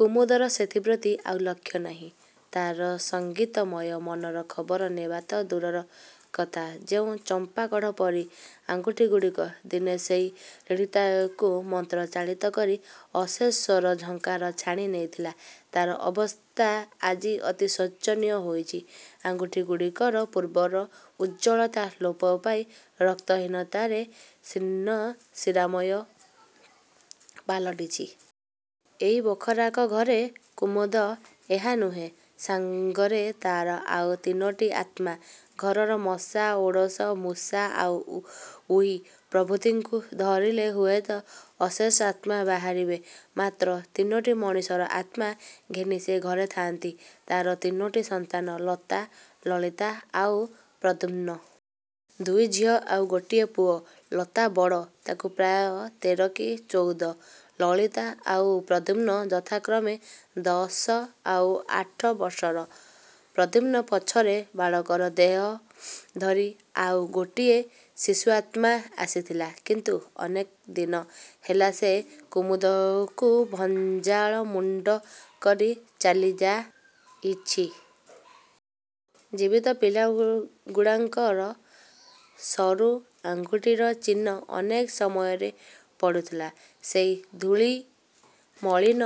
କୁମୁଦର ସେଥିପ୍ରତି ଆଉ ଲକ୍ଷ୍ୟ ନାହିଁ। ତାର ସଙ୍ଗୀତମୟ ମନର ଖବର ନେବା ତ ଦୂରର କଥା, ଯେଉଁ ଚମ୍ପାକଢ଼ ପରି ଆଙ୍ଗୁଠିଗୁଡ଼ିକ ଦିନେ ସେଇ ରିଡ଼୍ଗୁଡ଼ାକୁ ମନ୍ତ୍ରଚାଳିତ କରି ଅଶେଷ ସ୍ଵର-ଝଙ୍କାର ଛାଣି ନେଉଥିଲା, ତାର ଅବସ୍ଥା ଆଜି ଅତି ଶୋଚନୀୟ ହୋଇଚି। ଆଙ୍ଗୁଠିଗୁଡ଼ିକର ପୂର୍ବର ଉଜ୍ଜ୍ଵଳତା ଲୋପ ପାଇ ରକ୍ତହୀନତାରେ ଶୀର୍ଣ୍ଣ ଶିରାମୟ ପାଲଟିଛି। ଏଇ ବାଖରାକ ଘରେ କୁମୁଦ ଏକା ନୁହେଁ; ସାଙ୍ଗରେ ତାର ଆଉ ତିନୋଟି ଆତ୍ମା। ଘରର ମଶା, ଓଡ଼ଶ, ମୂଷା ଆଉ ଉଇ ପ୍ରଭୃତିଙ୍କୁ ଧରିଲେ ହୁଏ ତ ଅଶେଷ ଆତ୍ମା ବାହାରିବେ। ମାତ୍ର ତିନୋଟି ମଣିଷର ଆତ୍ମା ଘେନି ସେ ଘରେ ଥାନ୍ତି ତାର ତିନୋଟି ସନ୍ତାନ–ଲତା, ଲଳିତା ଆଉ ପ୍ରଦ୍ୟୁମ୍ନ। ଦୁଇଟି ଝିଅ ଆଉ ଗୋଟିଏ ପୁଅ। ଲତା ବଡ଼, ତାକୁ ପ୍ରାୟ ତେର କି ଚୌଦ। ଲଳିତା ଆଉ ପ୍ରଦ୍ୟୁମ୍ନ ଯଥାକ୍ରମେ ଦଶ ଆଉ ଆଠ ବର୍ଷର। ପ୍ରଦ୍ୟୁମ୍ନ ପଛରେ ବାଳକର ଦେହ ଧରି ଆଉ ଗୋଟିଏ ଶିଶୁଆତ୍ମା ଆସିଥିଲା; କିନ୍ତୁ ଅନେକ ଦିନ ହେଲା ସେ କୁମୁଦକୁ ଜଞ୍ଜାଳମୁକ୍ତ କରି ଚାଲିଯାଇଚି। ଜୀବିତ ପିଲାଗୁଡ଼ାଙ୍କର ସରୁ ଆଙ୍ଗୁଠିର ଚିହ୍ନ ଅନେକ ସମୟରେ ପଡ଼ୁଥିଲା ସେଇ ଧୂଳିମଳିନ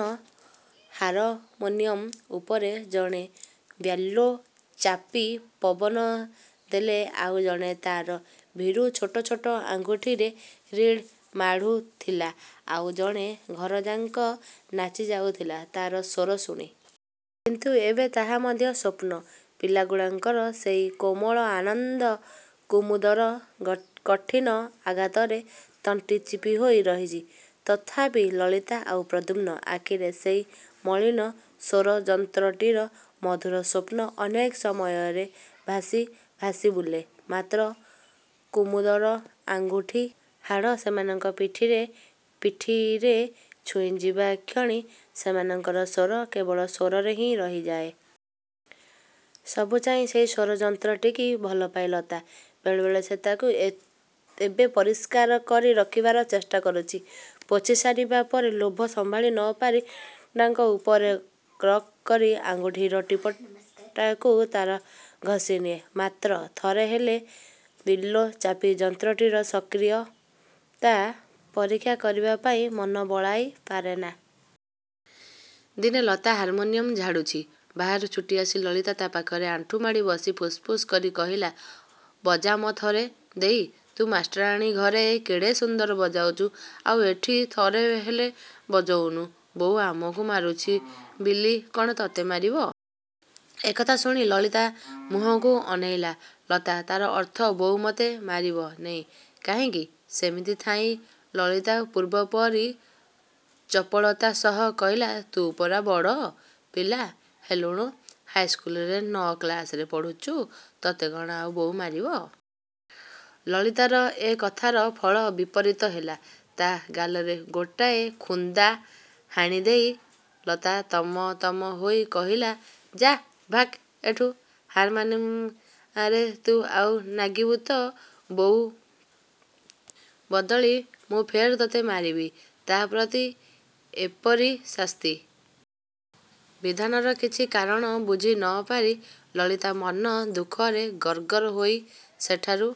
ହାରମୋନିୟମ ଉପରେ। ଜଣେ ବ୍ୟାଲୋ ଚାପି ପବନ ଦେଲେ ଆଉ ଜଣେ ତାର ଭୀରୁ ଛୋଟ ଛୋଟ ଆଙ୍ଗୁଠିରେ ରିଡ଼୍ ମାଡ଼ୁଥିଲା। ଆଉ ଜଣେ ଘରଯାକ ନାଚିଯାଉଥିଲା ତାର ସ୍ଵର ଶୁଣି। କିନ୍ତୁ ଏବେ ତାହା ମଧ୍ୟ ସ୍ଵପ୍ନ। ପିଲାଗୁଡ଼ାଙ୍କର ସେଇ କୋମଳ ଆନନ୍ଦ କୁମୁଦର କଠିନ ଆଘାତରେ ତଣ୍ଟି ଚିପିହେଇ ରହିଚି। ତଥାପି ଲଳିତା ଆଉ ପ୍ରଦ୍ୟୁମ୍ନ ଆଖିରେ ସେଇ ମଳିନ ସ୍ୱରଯନ୍ତ୍ରଟିର ମଧୁର ସ୍ଵପ୍ନ ଅନେକ ସମୟରେ ଭାସି ଭାସିବୁଲେ। ମାତ୍ର କୁମୁଦର ଆଙ୍ଗୁଠି ହାଡ଼ ସେମାନଙ୍କ ପିଠିରେ ପିଠିରେ ଛୁଇଁଯିବାକ୍ଷଣି ସେମାନଙ୍କର ସ୍ଵପ୍ନ କେବଳ ସ୍ୱପ୍ନରେ ହିଁ ରହିଯାଏ। ସବୁଚାହିଁ ସେଇ ସ୍ଵରଯନ୍ତ୍ରଟିକି ଭଲପାଏ ଲତା। ବେଳେବେଳେ ସେ ତାକୁ ଏବେ ପରିଷ୍କାର କରି ରଖିବାର ଚେଷ୍ଟାକରୁଚି। ପୋଛିସାରିବା ପରେ ଲୋଭ ସମ୍ଭାଳି ନ ପାରି ରିଡ଼୍ଗୁଡ଼ାକ ଉପରେ କର୍ର କରି ଆଙ୍ଗୁଠିର ଟିପଟାକୁ ତାର ଘଷିନିଏ। ମାତ୍ର ଥରେ ହେଲେ ବ୍ୟାଲୋ ଚାପି ଯନ୍ତ୍ରଟିର ସକ୍ରିୟତା ପରୀକ୍ଷା କରିବା ପାଇଁ ମନ ବଳାଇ ପାରେ ନା। ଦିନେ ଲତା ହାରମୋନିୟମ ଝାଡ଼ୁଚି, ବାହାରୁ ଛୁଟିଆସି ଲଳିତା ତା ପାଖରେ ଆଣ୍ଠୁମାଡ଼ି ବସି ଫୁସ୍ ଫୁସ୍ କରି କହିଲା–ବଜା ମ ଥରେ ଦେଈ, ତୁ ମାଷ୍ଟ୍ରାଣୀ ଘରେ କେଡ଼େ ସୁନ୍ଦର ବାଜଉଚୁ... ଆଉ ଏଠି ଥରେ ହେଲେ ବଜଉନୁ! ବୋଉ ଆମକୁ ମାରୁଚି ବିଲି କଣ ତତେ ମାରିବ! ଏ କଥା ଶୁଣି ଲଳିତାର ମୁହଁକୁ ଅନେଇଲା ଲତା–ତାର ଅର୍ଥ ବୋଉ ମତେ ମାରିବ ନେଇ କାଇଁକି? ସେମିତି ଥାଇଁ ଲଳିତା ପୂର୍ବପରି ଚପଳତା ସହ କହିଲା ତୁ ପରା ବଡ଼ ପିଲା ହେଲୁଣୁ। ହାଇସ୍କୁଲରେ ନଅ କ୍ଲାସରେ ପଢ଼ୁଚୁ... ତତେ କଣ ଆଉ ବୋଉ ମାରିବ! ଲଳିତାର ଏ କଥାର ଫଳ ବିପରୀତ ହେଲା। ତା ଗାଲରେ ଗୋଟାଏ ଖୁନ୍ଦା ହାଣିଦେଇ ଲତା ତମ ତମ ହେଇ କହିଲା–ଯା, ଭାକ୍ ଏଠୁ। ହାରମାନିଆରେ ତୁ ଆଉ ନାଗିବୁ ତ ବୋଉ ବଦଳି ମୁଁ ଫେର୍ ତତେ ମାରିବି। ତା ପ୍ରତି ଏପରି ଶାସ୍ତି ବିଧାନର କିଛି କାରଣ ବୁଝି ନ ପାରି ଲଳିତା ମନ ଦୁଃଖରେ ଗର୍ ଗର୍ ହେଇ ସେଠାରୁ